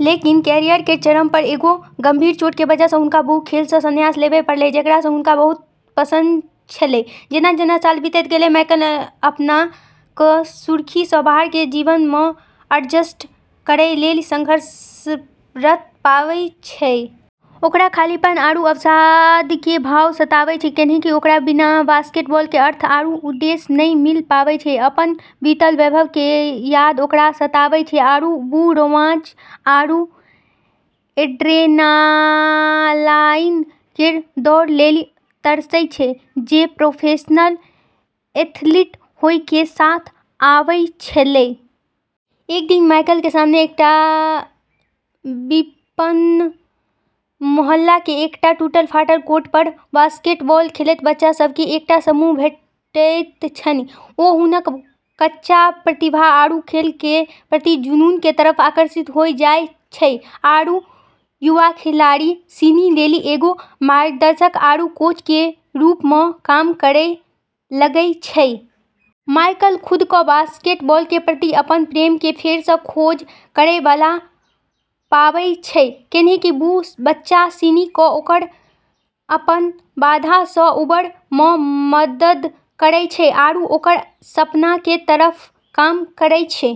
लेकिन कैरियर केरऽ चरम पर एगो गंभीर चोट के वजह सऽ हुनका वू खेल सऽ संन्यास लेबै पड़लै जेकरा सऽ हुनका बहुत पसंद छेलै। जेना-जेना साल बीतैत गेलै, माइकल अपना कऽ सुर्खी सऽ बाहर के जीवन मऽ एडजस्ट करै लेली संघर्षरत पाबै छै। ओकरा खालीपन आरू अवसाद के भाव सताबै छै, कैन्हेंकि ओकरा बिना बास्केटबॉल के अर्थ आरू उद्देश्य नै मिल पाबै छै। अपनऽ बीतलऽ वैभव के याद ओकरा सताबै छै, आरू वू रोमांच आरू एड्रेनालाईन केरऽ दौड़ लेली तरसै छै जे प्रोफेशनल एथलीट होय के साथ आबै छेलै। एक दिन माइकल के सामने एकटा विपन्न मोहल्ला के एकटा टूटल-फूटल कोर्ट पर बास्केटबॉल खेलैत बच्चा सब के एकटा समूह भेटैत छनि। ओ हुनकऽ कच्चा प्रतिभा आरू खेल के प्रति जुनून के तरफ आकर्षित होय जाय छै, आरू युवा खिलाड़ी सिनी लेली एगो मार्गदर्शक आरू कोच के रूप मऽ काम करै लगै छै। माइकल खुद कऽ बास्केटबॉल के प्रति अपनऽ प्रेम के फेर सऽ खोज करै वाला पाबै छै, कैन्हेंकि वू बच्चा सिनी कऽ ओकरऽ अपनऽ बाधा सऽ उबरऽ मऽ मदद करै छै आरू ओकरऽ सपना के तरफ काम करै छै।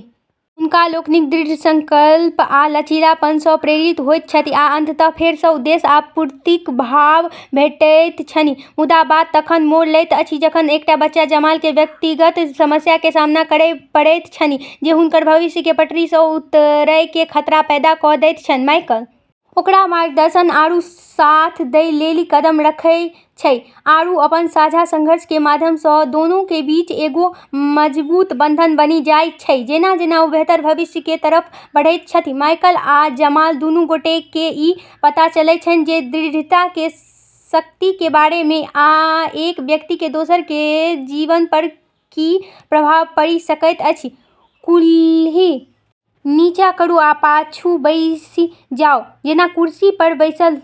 हुनका लोकनिक दृढ़ संकल्प आ लचीलापन सँ प्रेरित होइत छथि, आ अंततः फेर सँ उद्देश्य आ पूर्तिक भाव भेटैत छनि। मुदा बात तखन मोड़ लैत अछि जखन एकटा बच्चा जमाल के व्यक्तिगत समस्या के सामना करय पड़ैत छनि जे हुनकर भविष्य के पटरी सं उतरय के खतरा पैदा क दैत छनि ।माइकल ओकरा मार्गदर्शन आरू साथ दै लेली कदम रखै छै, आरू अपनऽ साझा संघर्ष के माध्यम स॑ दोनों के बीच एगो मजबूत बंधन बनी जाय छै। जेना-जेना ओ बेहतर भविष्य के तरफ बढ़ैत छथि, माइकल आ जमाल दुनू गोटे के ई पता चलैत छनि जे दृढ़ता के शक्ति के बारे में, आ एक व्यक्ति के दोसर के जीवन पर की प्रभाव पड़ि सकैत अछि ।कूल्हि नीचाँ करू आ पाछू बैसि जाउ जेना कुर्सी पर बैसल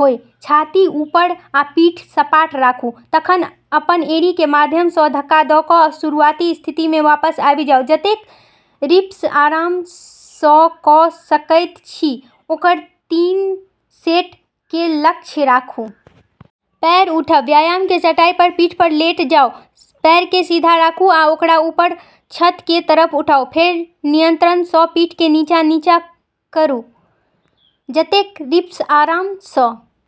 होइ। छाती ऊपर आ पीठ सपाट राखू। तखन अपन एड़ी के माध्यम सं धक्का द क शुरुआती स्थिति मे वापस आबि जाउ। जतेक रिप्स आराम स क सकैत छी ओकर तीन सेट के लक्ष्य राखू। पैर उठब: व्यायाम के चटाई पर पीठ पर लेट जाउ। पैर कें सीधा राखूं, आ ओकरा ऊपर छत के तरफ उठाऊ, फेर नियंत्रण स पीठ के नीचा नीचा करू ।जतेक रिप्स आराम स ।